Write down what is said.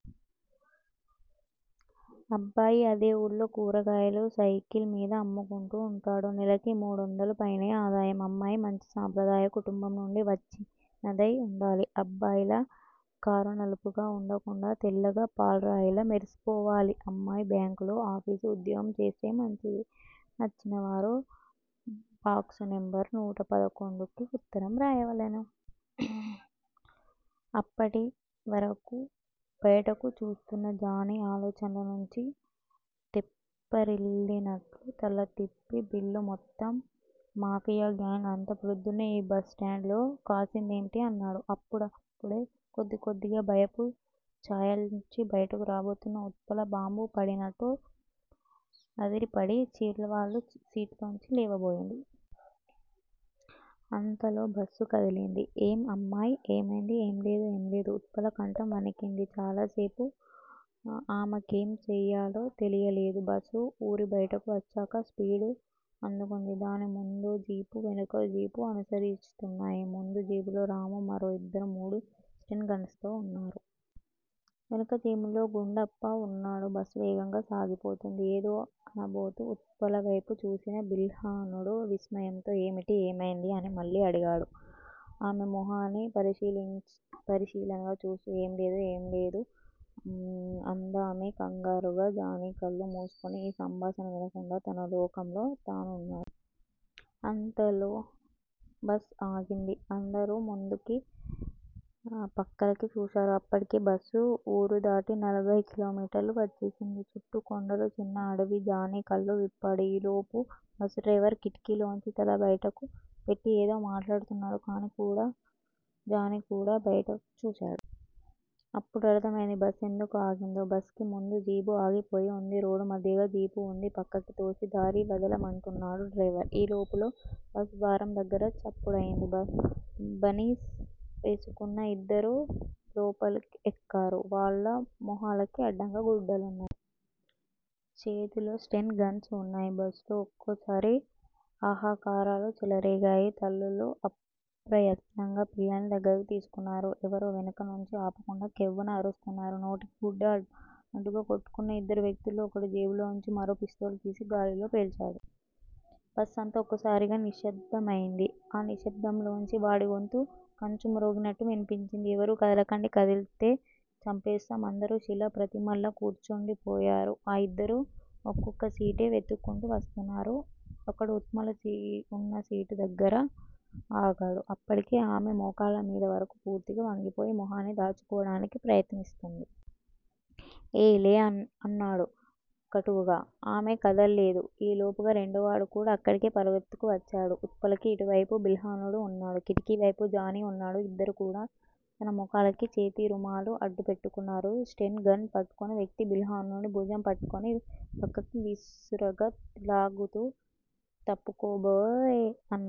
అబ్బాయి అదే ఊళ్లో కూరగాయలు సైకిల్ మీద అమ్ముకుంటూ ఉంటాడు. నెలకి మూడొందలు పైనే ఆదాయం. అమ్మాయి మంచి సాంప్రదాయకుటుంబం నుండి వచ్చినదై ఉండాలి. అబ్బాయిలా కారునలుపుగా ఉండకుండా తెల్లగా పాల్రాయిలా మెర్సిపోవాలి! అమ్మాయి బ్యాంకులో ఆఫీస్ ఉద్యోగం చేస్తే మంచిది. నచ్చినవారు బాక్సునెంబరు నూట పదకొండుకి ఉత్తరం రాయవలెను. అప్పటి వరకూ బయటకు చూస్తున్న జానీ, ఆలోచన్ల నుంచి తెప్పరిల్లినట్లు తలతిప్పి, బిల్లూ మొత్తం మాఫియా గాంగ్ అంతా ప్రొద్దున్నే ఈ బస్ స్టాండ్ లో కాసిందేంటి? అన్నాడు. అప్పుడప్పుడే కొద్దికొద్దిగా భయపు ఛాయల్నుంచి, బయటకు రాబోతూన్న ఉత్పల, బాంబు పడినట్టు అదిరిపడి చిలువాలు సీట్లోంచి లేవబోయింది. అంతలో బస్సు కదిలింది. ఏం అమ్మాయ్? ఏమైంది ఏం లేదు ఏంలేదు ఉత్పల కంఠం వణికింది. చాలాసేపు ఆమెకేం చెయ్యాలో తెలియలేదు. బస్సు ఊరిబయటకు వచ్చాక స్పీడు అందుకుంది. దాని ముందొ జీపు, వెనుకొ జీపు అనుసరిస్తున్నాయి. ముందు జీపులో రాము, మరో ఇద్దరు మూడు స్టెన్ గన్స్ తో వున్నారు. వెనుక జీపులో గుండప్ప వున్నాడు. బస్సు వేగంగా సాగిపోతుంది. ఏదో అనబోతూ ఉత్పలవైపు చూసిన బిల్హణుడు విస్మయంతో ఏమిటి ఏమైంది అని మళ్ళీ అడిగాడు ఆమె మొహాన్ని పరిశీలనగా చూస్తూ. ఏం లేదు, ఏం లేదు అందామె కంగారుగా. జానీ కళ్ళు మూసుకోని ఈ సంభాషణ వినకుండా తన లోకంలో తనున్నాడు. అంతలో బస్ ఆగింది. అందరూ ముందుకీ పక్కలకీ చూశారు. అప్పటికే బస్సు వూరుదాటి నలభై కిలోమీటర్లు వచ్చేసింది. చుట్టూ కొండలు- చిన్న అడవి. జానీ కళ్ళు విప్పాడు. ఈ లోపు బస్ డ్రైవరు కిటికీలోంచి తల బయటకు పెట్టి ఏదో మాట్లాడుతున్నాడు. జానీ కూడా బయటకు చూశాడు. అప్పుడర్ధమైంది. బస్ ఎందుకు ఆగిందో! బస్ కి ముందు జీపు ఆగిపోయి వుంది. రోడ్డు మధ్యగా జీపు వుంది పక్కకి తోసి దారి వదల' మంటున్నాడు డ్రైవర్. ఈ లోపులో బస్ ద్వారం దగ్గిర చప్పుడయింది. బనీస్ వేసుకున్న ఇద్దరు లోపలికి ఎక్కారు. వాళ్ళ మొహాలకి అడ్డంగా గుడ్డలున్నాయి. చేతిలో స్టెన్ గన్స్ వున్నాయి. బస్ లో ఒక్కోసారి హాహాకారాలు చెలరేగాయి. తల్లులు అప్రయత్నంగా పిల్లల్ని దగ్గరికి తీసుకున్నారు. ఎవరో వెనుక నుంచి ఆపకుండా కెవ్వున అరుస్తున్నారు. నోటికి గుడ్డ అడ్డుగా కట్టుకున్న ఇద్దరు వ్యక్తుల్లో ఒకడు జేబులోంచి మరో పిస్తోలు తీసి గాలిలో పేల్చాడు. బస్ అంతా ఒక్కసారిగా నిశ్శబ్దమయింది. ఆ నిశ్శబ్దంలోంచి వాడి గొంతు కంచు మ్రోగినట్టు వినిపించింది. ఎవరూ కదలకండి. కదిల్తే చంపేస్తాం. అందరూ శిలా ప్రతిమల్లా కూర్చుండిపోయారు. ఆ ఇద్దరూ ఒక్కొక్క సీటే వెతుక్కుంటూ వస్తున్నారు. ఒకడు ఉత్పల వున్న సీటు దగ్గర ఆగాడు. అప్పటికే ఆమె మోకాళ్ళమీదవరకు పూర్తిగా వంగిపోయి మొహాన్ని దాచుకోవడానికి ప్రయత్నిస్తూంది. ఏయ్ లే అన్నాడు కటువుగా. ఆమె కదల్లేదు. ఈ లోపుగా రెండోవాడు కూడా అక్కడికె పరుగెత్తుకు వచ్చాడు. ఉత్పలకి ఇటువైపు బిల్హణుడు వున్నాడు. కిటికీ వైపు జానీ వున్నాడు. ఇద్దరూ కూడా తమ ముఖాలకి చేతిరుమాలు అడ్డు పెట్టుకున్నారు. స్టెన్ గన్ పట్టుకున్న వ్యక్తి బిల్హణుడి భుజం పెట్టుకుని పక్కకి విసురుగా లాగుతూ తప్పుకోబోయ్ అన్నాడు.